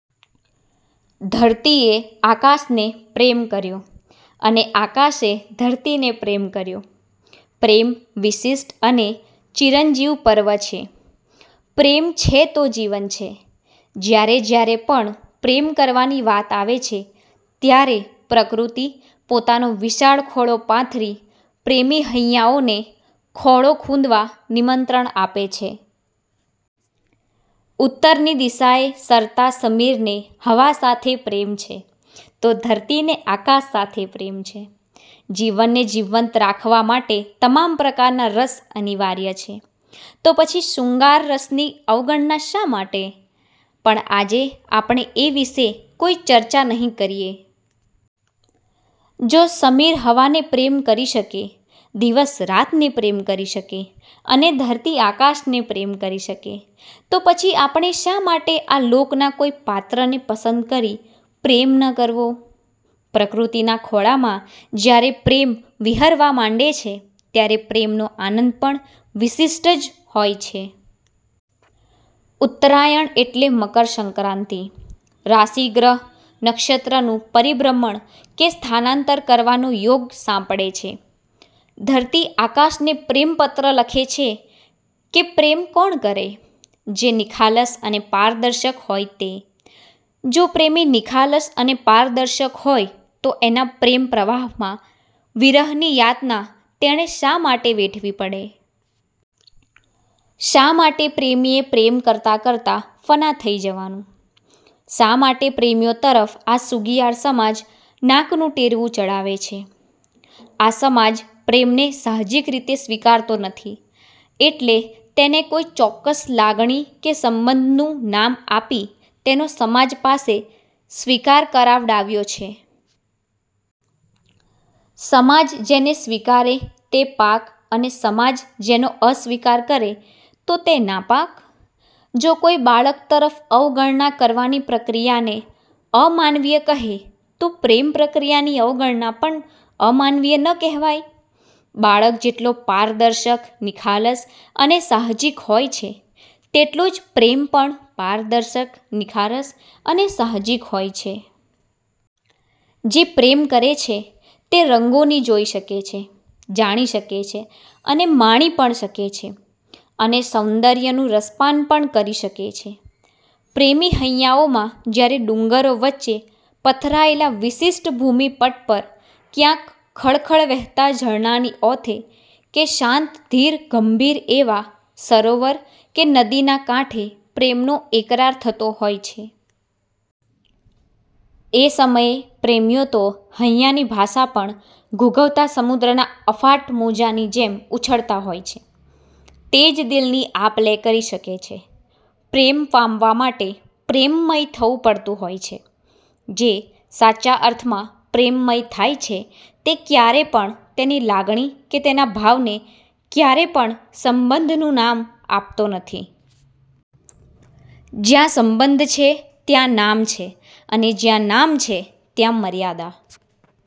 ધરતીએ આકાશને પ્રેમ કર્યો અને આકાશે ધરતીને પ્રેમ કર્યો પ્રેમ વિશિષ્ટ અને ચિરંજીવ પર્વ છે. પ્રેમ છે તો જીવન છે. જ્યારે જ્યારે પણ પ્રેમ કરવાની વાત આવે છે ત્યારે પ્રકૃતિ પોતાનો વિશાળ ખોળો પાથરી પ્રેમી હૈયાઓને ખોળો ખૂંદવા નિમંત્રણ આપે છે. ઉત્તરની દિશાએ સરતા સમીરને હવા સાથે પ્રેમ છે, તો ધરતીને આકાશ સાથે પ્રેમ છે. જીવનને જીવંત રાખવા માટે તમામ પ્રકારના રસ અનિવાર્ય છે. તો પછી શૃંગાર રસની અવગણના શા માટે? પણ આજે આપણે એ વિશે કોઈ ચર્ચા નહિ કરીએ. જો સમીર હવાને પ્રેમ કરી શકે, દિવસ રાતને પ્રેમ કરી શકે અને ધરતી આકાશને પ્રેમ કરી શકે તો પછી આપણે શા માટે આ લોકના કોઈ પાત્રને પસંદ કરી પ્રેમ ન કરવો? પ્રકૃતિના ખોળામાં જ્યારે પ્રેમ વિહરવા માંડે છે ત્યારે પ્રેમનો આનંદ પણ વિશિષ્ટ જ હોય છે. ઉત્તરાયણ એટલે મકરસંક્રાંતિ. રાશિ ગ્રહ નક્ષત્રનું પરિભ્રમણ કે સ્થાનાંતર કરવાનો યોગ સાંપડે છે. ધરતી આકાશને પ્રેમપત્ર લખે છે કે પ્રેમ કોણ કરે? જે નિખાલસ અને પારદર્શક હોય તે. જો પ્રેમી નિખાલસ અને પારદર્શક હોય તો એના પ્રેમ પ્રવાહમાં વિરહની યાતના તેણે શા માટે વેઠવી પડે? શા માટે પ્રેમીએ પ્રેમ કરતાં કરતાં ફના થઈ જવાનું? શા માટે પ્રેમીઓ તરફ આ સુગિયાળ સમાજ નાકનું ટેરવું ચડાવે છે? આ સમાજ પ્રેમને સાહજિક રીતે સ્વીકારતો નથી એટલે તેને કોઈ ચોક્કસ લાગણી કે સંબંધનું નામ આપી તેનો સમાજ પાસે સ્વીકાર કરાવડાવ્યો છે. સમાજ જેને સ્વીકારે તે પાક અને સમાજ જેનો અસ્વીકાર કરે તો તે નાપાક? જો કોઈ બાળક તરફ અવગણના કરવાની પ્રક્રિયાને અમાનવીય કહે તો પ્રેમ પ્રક્રિયાની અવગણના પણ અમાનવીય ન કહેવાય? બાળક જેટલો પારદર્શક, નિખાલસ અને સાહજિક હોય છે, તેટલો જ પ્રેમ પણ પારદર્શક, નિખાલસ અને સાહજિક હોય છે. જે પ્રેમ કરે છે તે રંગોને જોઈ શકે છે, જાણી શકે છે અને માણી પણ શકે છે અને સૌંદર્યનું રસપાન પણ કરી શકે છે. પ્રેમી હૈયાઓમાં જ્યારે ડુંગરો વચ્ચે પથરાયેલા વિશિષ્ટ ભૂમિપટ પર ક્યાંક ખળખળ વહેતા ઝરણાંની ઓથે કે શાંત ધીર ગંભીર એવા સરોવર કે નદીના કાંઠે પ્રેમનો એકરાર થતો હોય છે. એ સમયે પ્રેમીઓ તો હૈયાની ભાષા પણ ઘૂઘવતા સમુદ્રના અફાટ મોજાંની જેમ ઉછળતા હોય છે. તે જ દિલની આપ-લે કરી શકે છે. પ્રેમ પામવા માટે પ્રેમમય થવું પડતું હોય છે. જે સાચા અર્થમાં પ્રેમમય થાય છે તે ક્યારે પણ તેની લાગણી કે તેના ભાવને ક્યારે પણ સંબંધનું નામ આપતો નથી. જ્યાં સંબંધ છે ત્યાં નામ છે અને જ્યાં નામ છે ત્યાં મર્યાદા